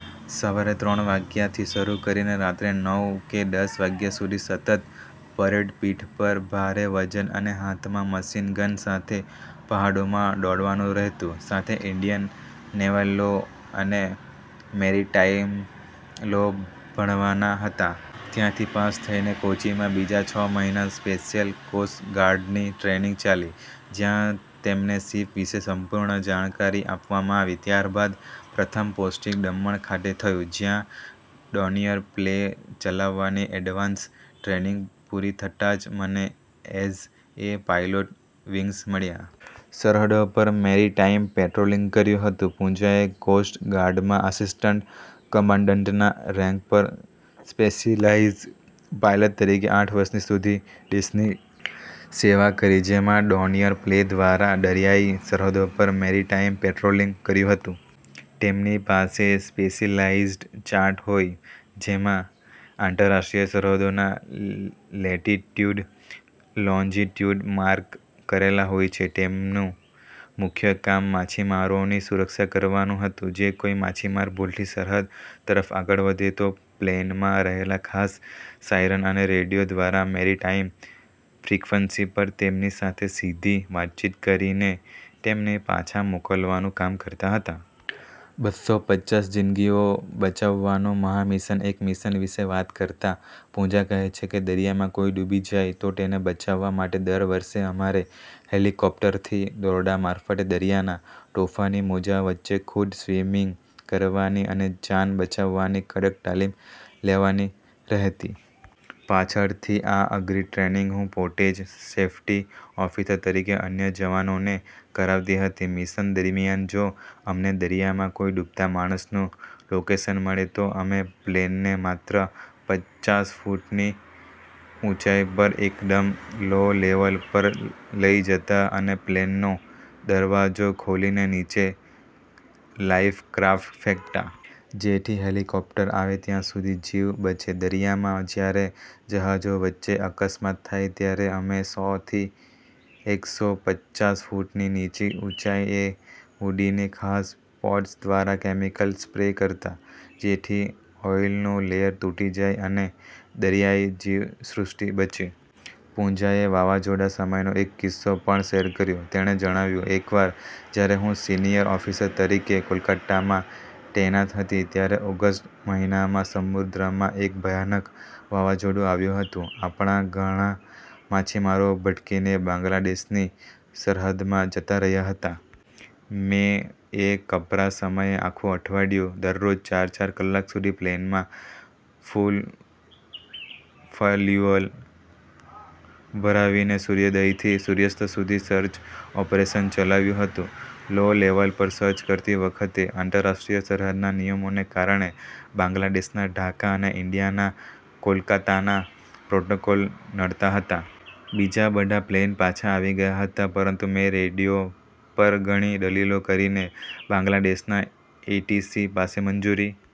"સવારે ત્રણ વાગ્યાથી શરૂ કરીને રાત્રે નવ કે દસ વાગ્યા સુધી સતત પરેડ, પીઠ પર ભારે વજન અને હાથમાં મશીન ગન સાથે પહાડોમાં દોડવાનું રહેતું. સાથે ઇન્ડિયન નેવલ લો અને મેરિટાઇમ લો ભણવાના હતા. ત્યાંથી પાસ થઇને કોચીમાં બીજા છ મહિના સ્પેશિયલ કોસ્ટ ગાર્ડની ટ્રેનિંગ ચાલી. જ્યાં તેમને શિપ વિશે સંપૂર્ણ જાણકારી આપવામાં આવી. ત્યારબાદ પ્રથમ પોસ્ટિંગ દમણ ખાતે થયું, જ્યાં ડોનિયર પ્લેન ચલાવવાની એડવાન્સ ટ્રેનિંગ પૂરી થતાં જ મને એઝ એ પાયલોટ વિંગ્સ મળ્યા. સરહદો પર 'મેરિટાઇમ' પેટ્રોલિંગ કર્યું હતું." પૂજાએ કોસ્ટ ગાર્ડમાં આસિસ્ટન્ટ કમાન્ડન્ટના રેન્ક પર સ્પેશિયલાઇઝ્ડ પાયલટ તરીકે આઠ વર્ષ સુધી દેશની સેવા કરી. જેમાં 'ડોનિયર' પ્લેન દ્વારા દરિયાઈ સરહદો પર મેરિટાઇમ પેટ્રોલિંગ કર્યું હતું. તેમની પાસે સ્પેશિયલાઇઝ્ડ ચાર્ટ હોય. જેમાં આંતરરાષ્ટ્રીય સરહદોના લેટિટ્યૂડ, લોન્જિટ્યૂડ માર્ક કરેલા હોય છે. તેમનું મુખ્ય કામ માછીમારોની સુરક્ષા કરવાનું હતું. જો કોઇ માછીમાર ભૂલથી સરહદ તરફ આગળ વધે તો પ્લેનમાં રહેલા ખાસ સાયરન અને રેડિયો દ્વારા મેરિટાઇમ ફ્રિક્વન્સી પર તેમની સાથે સીધી વાતચીત કરીને તેમને પાછા મોકલવાનું કામ કરતા હતા. બસો પચ્ચાસ જિંદગીઓ બચાવવાનું મહામિશન, એક મિશન વિશે વાત કરતા પૂજા કહે છે કે, "દરિયામાં કોઇ ડૂબી જાય તો તેને બચાવવા માટે દર વર્ષે અમારે હેલિકોપ્ટરથી દોરડા મારફતે દરિયાના તોફાની મોજાં વચ્ચે ખુદ સ્વિમિંગ કરવાની અને જાન બચાવવાની કડક તાલીમ લેવાની રહેતી. પાછળથી આ અઘરી ટ્રેનિંગ હું પોતે જ સેફ્ટી ઓફિસર તરીકે અન્ય જવાનોને કરાવતી હતી. મિશન દરમિયાન જો અમને દરિયામાં કોઇ ડૂબતા માણસનું લોકેશન મળે તો અમે પ્લેનને માત્ર પચ્ચાસ ફૂટની ઊંચાઇ પર એકદમ લો-લેવલ પર લઇ જતા અને પ્લેનનો દરવાજો ખોલીને નીચે લાઇફ ક્રાફ્ટ ફેંકતા. જેથી હેલિકોપ્ટર આવે ત્યાં સુધી જીવ બચે. દરિયામાં જ્યારે જહાજો વચ્ચે અકસ્માત થાય ત્યારે અમે સો થી એકસો પચ્ચાસ ફૂટની નીચી ઊંચાઇએ ઉડીને ખાસ પોડ્સ દ્વારા કેમિકલ સ્પ્રે કરતા, જેથી ઓઇલનું લેયર તૂટી જાય અને દરિયાઇ જીવ સૃષ્ટિ બચે." પૂજાએ વાવાઝોડા સમયનો એક કિસ્સો પણ શેર કર્યો. તેણે જણાવ્યું, "એકવાર જ્યારે હું સિનિયર ઓફિસર તરીકે કોલકાતામાં તૈનાત હતી, ત્યારે ઓગસ્ટ મહિનામાં સમુદ્રમાં એક ભયાનક વાવાઝોડું આવ્યું હતું. આપણા ઘણા માછીમારો ભટકીને બાંગ્લાદેશની સરહદમાં જતા રહ્યાં હતા. મેં એ કપરા સમયે આખું અઠવાડિયું દરરોજ ચાર-ચાર કલાક સુધી પ્લેનમાં ફૂલ ફલયૂઅલ ભરાવીને સૂર્યોદયથી સૂર્યાસ્ત સુધી સર્ચ ઓપરેશન ચલાવ્યું હતું. લો-લેવલ પર સર્ચ કરતી વખતે આંતરરાષ્ટ્રીય સરહદના નિયમોને કારણે બાંગ્લાદેશના ઢાકા અને ઇન્ડિયાના કોલકાતાના પ્રોટોકોલ નડતા હતા. બીજા બધા પ્લેન પાછા આવી ગયા હતા પરંતુ મેં રેડિયો પર ઘણી દલીલો કરીને બાંગ્લાદેશના એટીસી પાસે મંજૂરી